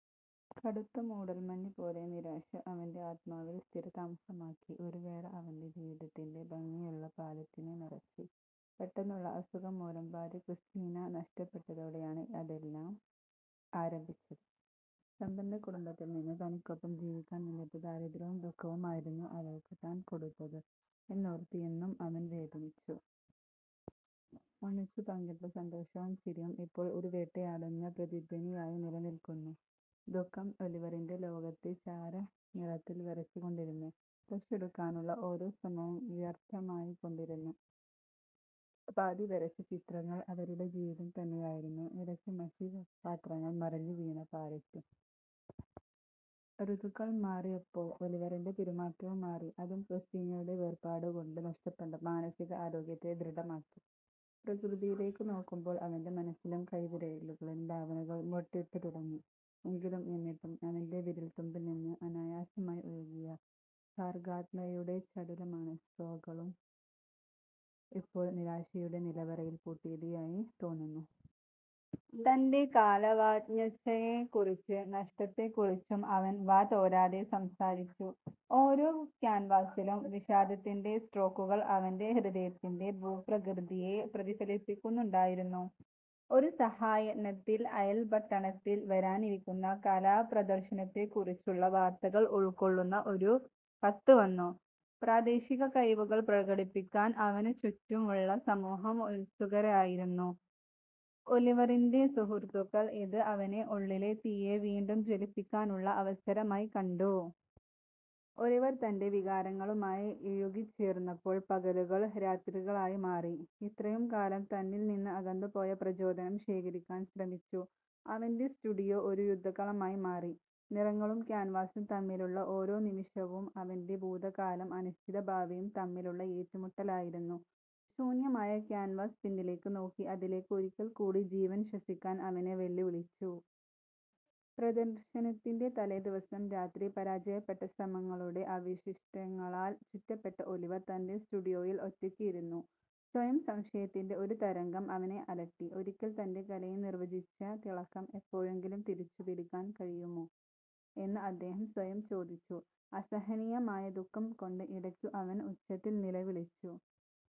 കടുത്ത മൂടൽമഞ്ഞ് പോലെ നിരാശ അവന്റെ ആത്മാവിൽ സ്ഥിരതാമസമാക്കി, ഒരു വേള അവന്റെ ജീവിതത്തിന്റെ ഭംഗിയുള്ള പാലറ്റിനെ മറച്ചു. പെട്ടെന്നുള്ള അസുഖം മൂലം ഭാര്യ ക്രിസ്റ്റീനാ നഷ്ടപ്പെട്ടതോടെയാണ് ഇതെല്ലാം ആരംഭിച്ചത്. സമ്പന്ന കുടുംബത്തിൽ നിന്നും തനിക്കൊപ്പം ജീവിക്കാൻ വന്നിട്ട് ദാരിദ്രവും ദുഖവുമായിരുന്നു അവൾക്കു താൻ കൊടുത്തതു എന്നോർത്ത് എന്നും അവൻ വേദനിച്ചു. ഒന്നിച്ചു പങ്കിട്ട സന്തോഷവും ചിരിയും ഇപ്പോൾ ഒരു വേട്ടയാടുന്ന പ്രതിധ്വനിയായി നിലനിൽക്കുന്നു. ദുഃഖം ഒലിവറിന്റെ ലോകത്തെ ചാരനിറത്തിൽ വരച്ചു കൊണ്ടിരുന്നു. ബ്രഷ് എടുക്കാനുള്ള ഓരോ ശ്രമവും വ്യർഥമായി കൊണ്ടിരുന്നു. പാതി വരച്ച ചിത്രങ്ങൾ അവരുടെ ജീവിതം തന്നെയായിരുന്നു. ഇടയ്ക്ക് മഷി പത്രങ്ങൾ മറിഞ്ഞു വീണ പാലെറ്റും. ഋതുക്കൾ മാറിയപ്പോൾ ഒലിവറിന്റെ പെരുമാറ്റവും മാറി. അതു ക്രിസ്റ്റീനയുടെ വേർപാടു കൊണ്ടു നഷ്ടപ്പെട്ട മാനസിക ആരോഗ്യത്തെ ദൃഢമാക്കി. പ്രകൃതിയിലേക്ക് നോക്കുമ്പോൾ അവന്റെ മനസ്സിലും കൈവിരലുകളിലും ഭാവനകൾ മൊട്ടിട്ടു തുടങ്ങി. എങ്കിലും എന്നും അവന്റെ വിരൽത്തുമ്പിൽ നിന്ന് അനായാസമായി ഒഴുകിയ സർഗാത്മകതയുടെ ചടുലമായ സ്ട്രോക്കുകൾ ഇപ്പോൾ നിരാശയുടെ നിലവറയിൽ പൂട്ടിയതായി തോന്നുന്നു. തന്റെ കലാവാഞ്ഛയെക്കുറിച്ചും നഷ്ടത്തെക്കുറിച്ചും അവൻ വാതോരാതെ സംസാരിച്ചു. ഓരോ ക്യാൻവാസിലും വിഷാദത്തിന്റെ സ്ട്രോക്കുകൾ അവന്റെ ഹൃദയത്തിന്റെ ഭൂപ്രകൃതിയെ പ്രതിഫലിപ്പിക്കുന്നുണ്ടായിരുന്നു. ഒരു സായാഹ്നത്തിൽ, അയൽപട്ടണത്തിൽ വരാനിരിക്കുന്ന കലാപ്രദർശനത്തെക്കുറിച്ചുള്ള വാർത്തകൾ ഉൾക്കൊള്ളുന്ന ഒരു കത്ത് വന്നു. പ്രാദേശിക കഴിവുകൾ പ്രകടിപ്പിക്കാൻ അവനു ചുറ്റുമുള്ള സമൂഹം ഉത്സുകരായിരുന്നു, ഒലിവറിന്റെ സുഹൃത്തുക്കൾ ഇത് അവന്റെ ഉള്ളിലെ തീയെ വീണ്ടും ജ്വലിപ്പിക്കാനുള്ള അവസരമായി കണ്ടു. ഒലിവർ തന്റെ വികാരങ്ങളുമായി ഇഴുകിച്ചേർന്നപ്പോൾ പകലുകൾ രാത്രികളായി മാറി, ഇത്രയും കാലം തന്നിൽ നിന്ന് അകന്നുപോയ പ്രചോദനം ശേഖരിക്കാൻ ശ്രമിച്ചു. അവന്റെ സ്റ്റുഡിയോ ഒരു യുദ്ധക്കളമായി മാറി. നിറങ്ങളും ക്യാൻവാസ്സും തമ്മിലുള്ള ഓരോ നിമിഷവും അവന്റെ ഭൂതകാലവും അനിശ്ചിത ഭാവിയും തമ്മിലുള്ള ഏറ്റുമുട്ടലായിരുന്നു. ശൂന്യമായ ക്യാൻവാസ് പിന്നിലേക്ക് നോക്കി, അതിലേക്ക് ഒരിക്കൽ കൂടി ജീവൻ ശ്വസിക്കാൻ അവനെ വെല്ലുവിളിച്ചു. പ്രദർശനത്തിന്റെ തലേദിവസം രാത്രി, പരാജയപ്പെട്ട ശ്രമങ്ങളുടെ അവശിഷ്ടങ്ങളാൽ ചുറ്റപ്പെട്ട ഒലിവർ തന്റെ സ്റ്റുഡിയോയിൽ ഒറ്റയ്ക്ക് ഇരുന്നു. സ്വയം സംശയത്തിന്റെ ഒരു തരംഗം അവനെ അലട്ടി, ഒരിക്കൽ തന്റെ കലയെ നിർവചിച്ച തിളക്കം എപ്പോഴെങ്കിലും തിരിച്ചുപിടിക്കാൻ കഴിയുമോ എന്ന് അദ്ദേഹം സ്വയംചോദിച്ചു. അസഹനീയമായ ദുഃഖം കൊണ്ടു ഇടയ്ക്കു അവൻ ഉച്ചത്തിൽ നിലവിളിച്ചു.